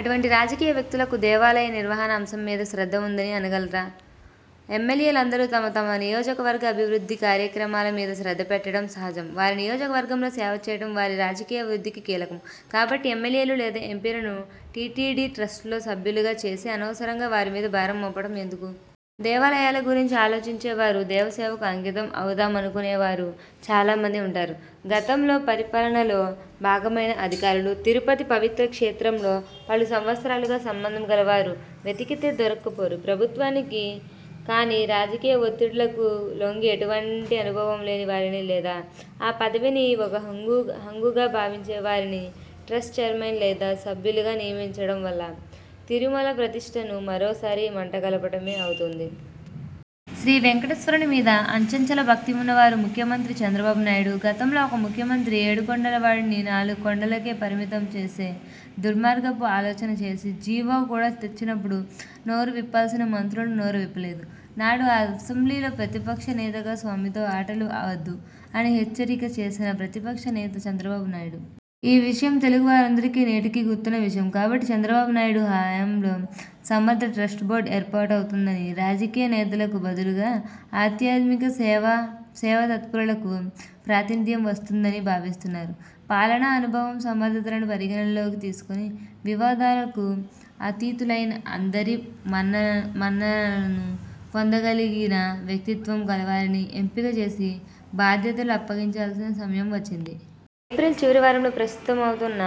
అటువంటి రాజకీయ వ్యక్తులకు దేవాలయ నిర్వహణ అంశం మీద శ్రద్ధ వుందని అనగలరా! ఎమ్మెల్యేలందరూ తమ తమ నియోజకవర్గ అభివృద్ధి కార్యక్రమాల మీద శ్రద్ధ పెట్టటం సహజం. వారి నియోజకవర్గంలో సేవ చేయటం వారి రాజకీయ వృద్ధికి కీలకం. కాబట్టి ఎమ్మెల్యేలు లేదా ఎంపీలను టీటీడీ ట్రస్టులో సభ్యులుగా చేసి అనవసరంగా వారిమీద భారం మోపటం ఎందుకు! దేవాలయాల గురించి ఆలోచించే వారు, దేవ సేవకు అంకితం అవుదామనుకునే వారు చాలామంది వుంటారు. గతంలో పరిపాలనలో భాగమైన అధికారులు, తిరుపతి పవిత్ర క్షేత్రంలో పలు సంవత్సరాలుగా సంబంధం గలవారు వెతికితే దొరక్కపోరు ప్రభుత్వానికి. కానీ రాజకీయ ఒత్తిడులకు లొంగి ఎటువంటి అనుభవం లేని వారిని లేదా ఆ పదవిని ఒక హంగుగా భావించేవారిని ట్రస్ట్ చైర్మన్ లేదా సభ్యులుగా నియమించటం వల్ల తిరుమల ప్రతిష్ఠను మరోసారి మంట కలపటమే అవుతుంది. శ్రీ వేంకటేశ్వరుని మీద అచంచల భక్తి వున్న వారు ముఖ్యమంత్రి చంద్రబాబు నాయుడు. గతంలో ఒక ముఖ్యమంత్రి ఏడుకొండల వాడిని నాలుగు కొండలకే పరిమితం చేసే దుర్మార్గపు ఆలోచన చేసి, జీవో కూడా తెచ్చినపుడు నోరు విప్పాల్సిన మంత్రులు నోరు విప్పలేదు. నాడు ఆ అసెంబ్లీలో ప్రతిపక్ష నేతగా 'స్వామితో ఆటలు వొద్దు' అని హెచ్చరిక చేసిన ప్రతిపక్ష నేత చంద్రబాబు నాయుడు. ఆ విషయం తెలుగు వారందరికీ నేటికీ గుర్తున్న విషయం. కాబట్టి చంద్రబాబు నాయుడు హయాంలో సమర్థ ట్రస్ట్ బోర్డు ఏర్పాటవుతుందని, రాజకీయ నేతలకు బదులుగా ఆధ్యాత్మిక, సేవాతత్పరులకు ప్రాతినిధ్యం వస్తుందని భావిస్తున్నారు. పాలనా అనుభవం, సమర్థతలను పరిగణనలోకి తీసుకుని, వివాదాలకు అతీతులైన, అందరి మన్ననలను పొందగలిగిన వ్యక్తిత్వం కలవారిని ఎంపిక చేసి బాధ్యతలు అప్పగించాల్సిన సమయం వచ్చింది. ఏప్రిల్ చివరి వారంలో ప్రస్తుతమున్న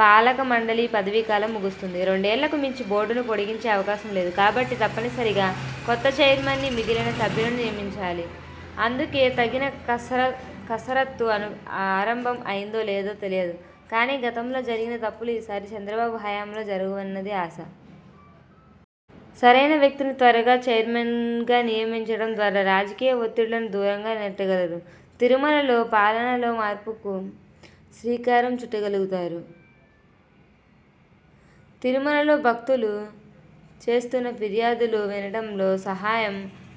పాలకమండలి పదవీకాలం ముగుస్తుంది. రెండేళ్ళకు మించి బోర్డును పొడిగించే అవకాశం లేదు. కాబట్టి తప్పనిసరిగా కొత్త చైర్మన్ని, మిగిలిన సభ్యులను నియమించాలి. అందుకు తగిన కసరత్తు ఆరంభం అయిందో లేదో తెలియదు. కానీ గతంలో జరిగిన తప్పులు ఈసారి చంద్రబాబు హయాంలో జరగవన్నది ఆశ. సరైన వ్యక్తిని త్వరగా చైర్మన్గా నియమించటం ద్వారా రాజకీయ ఒత్తిడులను దూరంగా నెట్టగలరు. తిరుమలలో పాలనలో మార్పులకు శ్రీకారం చుట్టగలుగుతారు. తిరుమలలో భక్తులు చేస్తున్న ఫిర్యాదులు వినటంలో సహనం,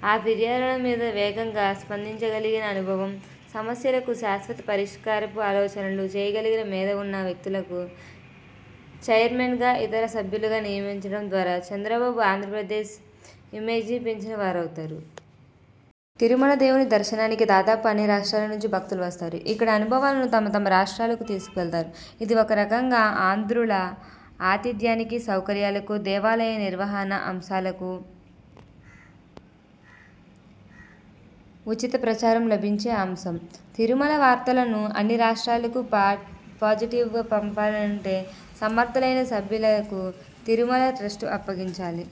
ఆ ఫిర్యాదుల మీద వేగంగా స్పందించగలిగిన అనుభవం, సమస్యలకు శాశ్వత పరిష్కారపు ఆలోచనలు చేయగలిగిన మేధ వున్న వ్యక్తులను, చైర్మన్గా, ఇతర సభ్యులుగా నియమించటం ద్వారా చంద్రబాబు ఆంధ్రప్రదేశ్ ఇమేజ్ని పెంచిన వారవుతారు. తిరుమల దేవుని దర్శనానికి దాదాపు అన్ని రాష్ట్రాల నుంచి భక్తులు వస్తారు. ఇక్కడి అనుభవాలను తమ తమ రాష్ర్టాలకు తీసుకువెళతారు. ఇది ఒకరకంగా ఆంధ్రుల ఆతిధ్యానికి, సౌకర్యాలకు, దేవాలయ నిర్వహణ అంశాలకు, ఉచిత ప్రచారం లభించే అంశం. తిరుమల వార్తలను అన్ని రాష్ట్రాలకు పాజిటివ్గా పంపించాలంటే సమర్ధులైన సభ్యులకు తిరుమల ట్రస్ట్ను అప్పగించాలి.